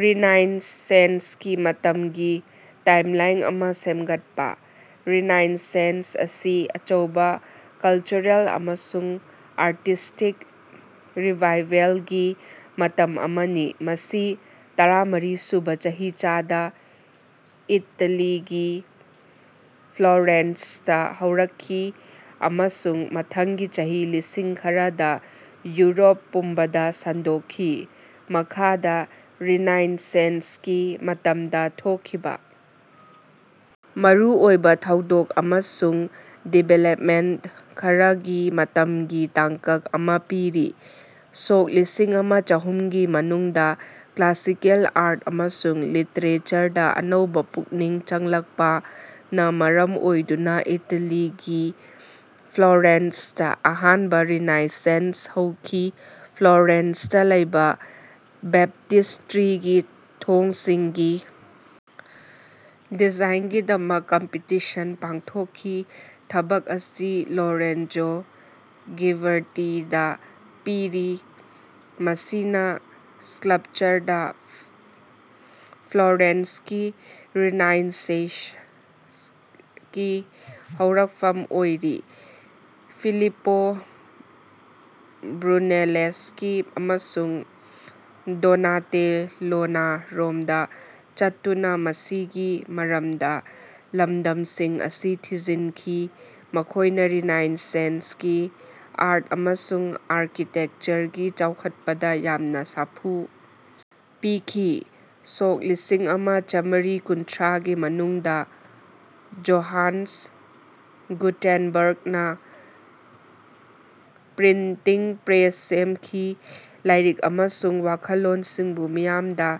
ꯔꯤꯅꯥꯏꯟꯁꯦꯟꯁꯀꯤ ꯃꯇꯝꯒꯤ ꯇꯥꯏꯝꯂꯥꯏꯟ ꯑꯃ ꯁꯦꯝꯒꯠꯄ꯫ ꯔꯤꯅꯥꯏꯟꯁꯦꯟꯁ ꯑꯁꯤ ꯑꯆꯧꯕ ꯀꯜꯆꯔꯦꯜ ꯑꯃꯁꯨꯡ ꯑꯥꯔꯇꯤꯁ꯭ꯇꯤꯛ ꯔꯤꯚꯥꯏꯚꯦꯜꯒꯤ ꯃꯇꯝ ꯑꯃꯅꯤ, ꯃꯁꯤ ꯇꯔꯥꯃꯔꯤ ꯁꯨꯕꯥ ꯆꯍꯤꯆꯥꯗꯥ ꯏꯇꯥꯂꯤꯒꯤ ꯐ꯭ꯂꯣꯔꯦꯟꯁꯇ ꯍꯧꯔꯛꯈꯤ ꯑꯃꯁꯨꯡ ꯃꯊꯪꯒꯤ ꯆꯍꯤ ꯂꯤꯁꯤꯡ ꯈꯔꯗꯥ ꯌꯨꯔꯣꯞ ꯄꯨꯝꯕꯗꯥ ꯁꯟꯗꯣꯛꯈꯤ꯫ ꯃꯈꯥꯗ ꯔꯤꯅꯥꯏꯟꯁꯦꯟꯁꯀꯤ ꯃꯇꯝꯗ ꯊꯣꯛꯈꯤꯕ ꯃꯔꯨ ꯑꯣꯏꯕ ꯊꯧꯗꯣꯛ ꯑꯃꯁꯨꯡ ꯗꯤꯕꯦꯂꯞꯃꯦꯟꯇ ꯈꯔꯒꯤ ꯃꯇꯝꯒꯤ ꯇꯥꯡꯀꯛ ꯑꯃ ꯄꯤꯔꯤ: ꯁꯣꯛ ꯂꯤꯁꯤꯡ ꯑꯃ ꯆꯍꯨꯝꯒꯤ ꯃꯅꯨꯡꯗ ꯀ꯭ꯂꯥꯁꯤꯀꯦꯜ ꯑꯥꯔꯠ ꯑꯃꯁꯨꯡ ꯂꯤꯇꯔꯦꯆꯔꯗ ꯑꯅꯧꯕ ꯄꯨꯛꯅꯤꯡ ꯆꯪꯂꯛꯄꯅ ꯃꯔꯝ ꯑꯣꯏꯗꯨꯅ ꯏꯇꯥꯂꯤꯒꯤ ꯐ꯭ꯂꯣꯔꯦꯟꯁꯇ ꯑꯍꯥꯟꯕ ꯔꯤꯅꯥꯏꯟꯁꯦꯟꯁ ꯍꯧꯈꯤ꯫ ꯐ꯭ꯂꯣꯔꯦꯟꯁꯇ ꯂꯩꯕ ꯕꯦꯞꯇꯤꯁꯇ꯭ꯔꯤꯒꯤ ꯊꯣꯡꯁꯤꯡꯒꯤ ꯗꯤꯖꯥꯏꯟꯒꯤꯗꯃꯛ ꯀꯝꯄꯤꯇꯤꯁꯟ ꯄꯥꯡꯊꯣꯛꯈꯤ꯫ ꯊꯕꯛ ꯑꯁꯤ ꯂꯣꯔꯦꯟꯖꯣ ꯘꯤꯕꯦꯔꯇꯤꯗ ꯄꯤꯔꯤ, ꯃꯁꯤꯅ ꯁ꯭ꯀꯜꯞꯆꯔꯗ ꯐ꯭ꯂꯣꯔꯦꯟꯁꯀꯤ ꯔꯤꯅꯥꯏꯟꯁꯦꯟꯁꯀꯤ ꯍꯧꯔꯛꯐꯝ ꯑꯣꯏꯔꯤ꯫ ꯐꯤꯂꯤꯄꯣ ꯕ꯭ꯔꯨꯅꯦꯂꯦꯁꯀꯤ ꯑꯃꯁꯨꯡ ꯗꯣꯅꯥꯇꯦꯂꯣꯅꯥ ꯔꯣꯝꯗ ꯆꯠꯇꯨꯅ ꯃꯁꯤꯒꯤ ꯃꯔꯝꯗ ꯂꯝꯗꯝꯁꯤꯡ ꯑꯁꯤ ꯊꯤꯖꯤꯟꯈꯤ, ꯃꯈꯣꯏꯅꯥ ꯔꯤꯅꯥꯏꯟꯁꯁꯦꯟꯁꯀꯤ ꯑꯥꯔꯠ ꯑꯃꯁꯨꯡ ꯑꯥꯔꯀꯤꯇꯦꯛꯆꯔꯒꯤ ꯆꯥꯎꯈꯠꯄꯗ ꯌꯥꯝꯅ ꯁꯥꯐꯨ ꯄꯤꯈꯤ꯫ ꯁꯣꯛ ꯂꯤꯁꯤꯡ ꯑꯃ ꯆꯥꯃꯔꯤ ꯀꯨꯟꯊ꯭ꯔꯥꯒꯤ ꯃꯅꯨꯡꯗꯥ ꯖꯣꯍꯥꯟꯁ ꯒꯨꯇꯦꯟꯕꯔꯒꯅ ꯄ꯭ꯔꯤꯟꯇꯤꯡ ꯄ꯭ꯔꯦꯁ ꯁꯦꯝꯈꯤ, ꯂꯥꯏꯔꯤꯛ ꯑꯃꯁꯨꯡ ꯋꯥꯈꯜꯂꯣꯟꯁꯤꯡꯕꯨ ꯃꯤꯌꯥꯝꯗ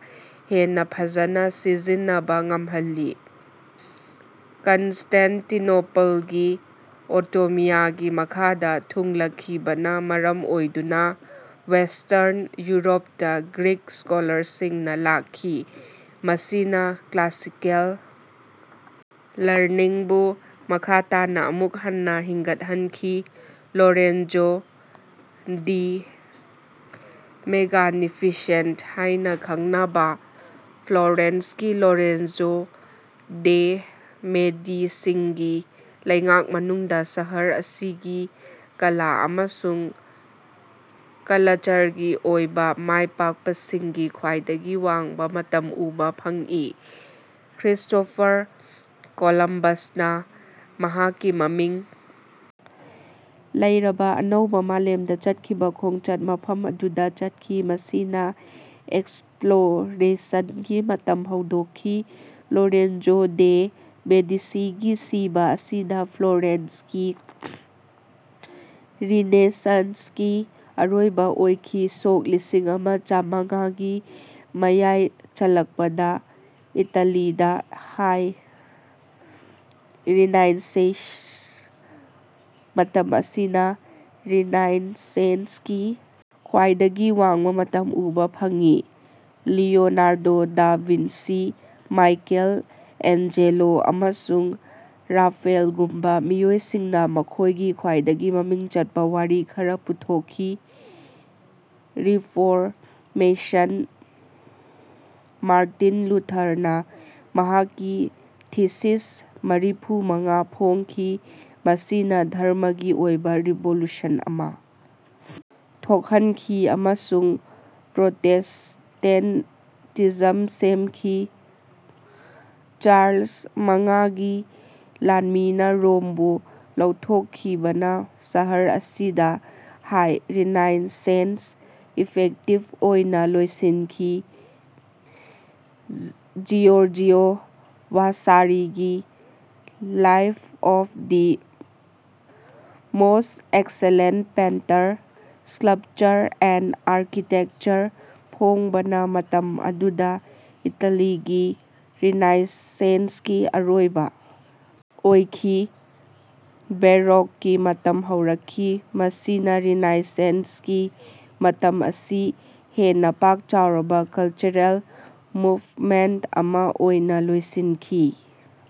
ꯍꯦꯟꯅꯥ ꯐꯖꯅ ꯁꯤꯖꯤꯟꯅꯕ ꯉꯝꯍꯜꯂꯤ꯫ ꯀꯟꯁꯇꯦꯟꯇꯤꯅꯣꯄꯜꯒꯤ ꯑꯣꯇꯣꯃꯤꯌꯥꯒꯤ ꯃꯈꯥꯗ ꯊꯨꯡꯂꯈꯤꯕꯅ ꯃꯔꯝ ꯑꯣꯏꯗꯨꯅ ꯋꯦꯁꯇꯔꯟ ꯌꯨꯔꯣꯞꯇ ꯒ꯭ꯔꯤꯛ ꯁ꯭ꯀꯣꯂꯥꯔꯁꯤꯡꯅ ꯂꯥꯛꯈꯤ꯫ ꯃꯁꯤꯅ ꯀ꯭ꯂꯥꯁꯤꯀꯦꯜ ꯂꯔꯅꯤꯡꯕꯨ ꯃꯈꯥ ꯇꯥꯅ ꯑꯃꯨꯛ ꯍꯟꯅ ꯍꯤꯡꯒꯠꯍꯟꯈꯤ꯫ ꯂꯣꯔꯦꯟꯖꯣ ꯗꯤ ꯃꯦꯒꯅꯤꯐꯤꯁꯦꯟꯇ ꯍꯥꯏꯅ ꯈꯪꯅꯕ ꯐ꯭ꯂꯣꯔꯦꯟꯁꯀꯤ ꯂꯣꯔꯦꯟꯖꯣ ꯗꯦ ꯃꯦꯗꯤꯁꯤꯒꯤ ꯂꯩꯉꯥꯛ ꯃꯅꯨꯡꯗꯥ ꯁꯍꯔ ꯑꯁꯤꯒꯤ ꯀꯂꯥ ꯑꯃꯁꯨꯡ ꯀꯂꯆꯔꯒꯤ ꯑꯣꯏꯕ ꯃꯥꯏꯄꯥꯛꯄꯁꯤꯡꯒꯤ ꯈ꯭ꯋꯥꯏꯗꯒꯤ ꯋꯥꯡꯕ ꯃꯇꯝ ꯎꯕ ꯐꯪꯏ꯫ ꯀ꯭ꯔꯤꯁꯇꯣꯐꯔ ꯀꯣꯂꯝꯕꯁꯅ ꯃꯍꯥꯛꯀꯤ ꯃꯃꯤꯡ ꯂꯩꯔꯕ ꯑꯅꯧꯕ ꯃꯥꯂꯦꯝꯗ ꯆꯠꯈꯤꯕ ꯈꯣꯡꯆꯠ ꯃꯐꯝ ꯑꯗꯨꯗ ꯆꯠꯈꯤ, ꯃꯁꯤꯅ ꯑꯦꯛꯁꯄ꯭ꯂꯣꯔꯦꯁꯟꯒꯤ ꯃꯇꯝ ꯍꯧꯗꯣꯛꯈꯤ꯫ ꯂꯣꯔꯦꯟꯖꯣ ꯗꯦ' ꯃꯦꯗꯤꯁꯤꯒꯤ ꯁꯤꯕꯥ ꯑꯁꯤꯅ ꯐ꯭ꯂꯣꯔꯦꯟꯁꯀꯤ ꯔꯤꯅꯦꯁꯥꯟꯁꯀꯤ ꯑꯔꯣꯏꯕ ꯑꯣꯏꯈꯤ꯫ ꯁꯣꯛ ꯂꯤꯁꯤꯡ ꯑꯃ ꯆꯥꯃꯉꯥꯒꯤ ꯃꯌꯥꯏ ꯆꯜꯂꯛꯄꯗ ꯏꯇꯥꯂꯤꯗ ꯍꯥꯏ ꯔꯤꯅꯥꯏꯟꯁꯦꯟꯁ ꯃꯇꯝ ꯑꯁꯤꯅꯥ ꯔꯤꯅꯥꯏꯟꯁꯦꯟꯁꯀꯤ ꯈ꯭ꯋꯥꯏꯗꯒꯤ ꯋꯥꯡꯕ ꯃꯇꯝ ꯎꯕ ꯐꯪꯏ, Leonardo da Vinci, Michelangelo, ꯑꯃꯁꯨꯡ ꯔꯥꯐꯦꯜꯒꯨꯝꯕ ꯃꯤꯑꯣꯏꯁꯤꯡꯅ ꯃꯈꯣꯏꯒꯤ ꯈ꯭ꯋꯥꯏꯗꯒꯤ ꯃꯃꯤꯡ ꯆꯠꯄ ꯋꯥꯔꯤ ꯈꯔ ꯄꯨꯊꯣꯛꯈꯤ꯫ ꯔꯤꯐꯣꯔꯃꯦꯁꯟ: ꯃꯥꯔꯇꯤꯟ ꯂꯨꯊꯔꯅ ꯃꯍꯥꯛꯀꯤ "ꯊꯤꯁꯤꯁ ꯃꯔꯤꯐꯨ ꯃꯉꯥ" ꯐꯣꯡꯈꯤ꯫ ꯃꯁꯤꯅ ꯙꯔꯝꯃꯒꯤ ꯑꯣꯏꯕ ꯔꯤꯚꯣꯂꯨꯁꯟ ꯑꯃ ꯊꯣꯛꯍꯟꯈꯤ ꯑꯃꯁꯨꯡ ꯄ꯭ꯔꯣꯇꯦꯁꯇꯦꯟꯇꯤꯖꯝ ꯁꯦꯝꯈꯤ꯫ ꯆꯥꯔꯂꯁ ꯃꯉꯥꯒꯤ ꯂꯥꯟꯃꯤꯅꯥ ꯔꯣꯝꯕꯨ ꯂꯧꯊꯣꯛꯈꯤꯕꯅ ꯁꯍꯔ ꯑꯁꯤꯗꯥ ꯍꯥꯏ ꯔꯤꯅꯥꯏꯟꯁꯦꯟꯁ ꯏꯐꯦꯛꯇꯤꯞ ꯑꯣꯏꯅ ꯂꯣꯏꯁꯤꯟꯈꯤ꯫ ꯖꯤꯑꯣꯔꯖꯤꯑꯣ ꯋꯥꯁꯥꯔꯤꯒꯤ "life of the most excellent painter, sculpture and architecture" ꯐꯣꯡꯕꯅ ꯃꯇꯝ ꯑꯗꯨꯗ ꯏꯇꯥꯂꯤꯒꯤ ꯔꯤꯅꯥꯏꯟꯁꯦꯟꯁꯀꯤ ꯑꯔꯣꯏꯕ ꯑꯣꯏꯈꯤ꯫ ꯕꯦꯔꯣꯛꯀꯤ ꯃꯇꯝ ꯍꯧꯔꯛꯏ, ꯃꯁꯤꯅꯥ ꯔꯤꯅꯥꯏꯟꯁꯦꯟꯁꯀꯤ ꯃꯇꯝ ꯑꯁꯤ ꯍꯦꯟꯅ ꯄꯥꯛ ꯆꯥꯎꯔꯕ ꯀꯜꯆꯔꯦꯜ ꯃꯨꯕꯃꯦꯟꯇ ꯑꯃ ꯑꯣꯏꯅ ꯂꯣꯏꯁꯤꯟꯈꯤ꯫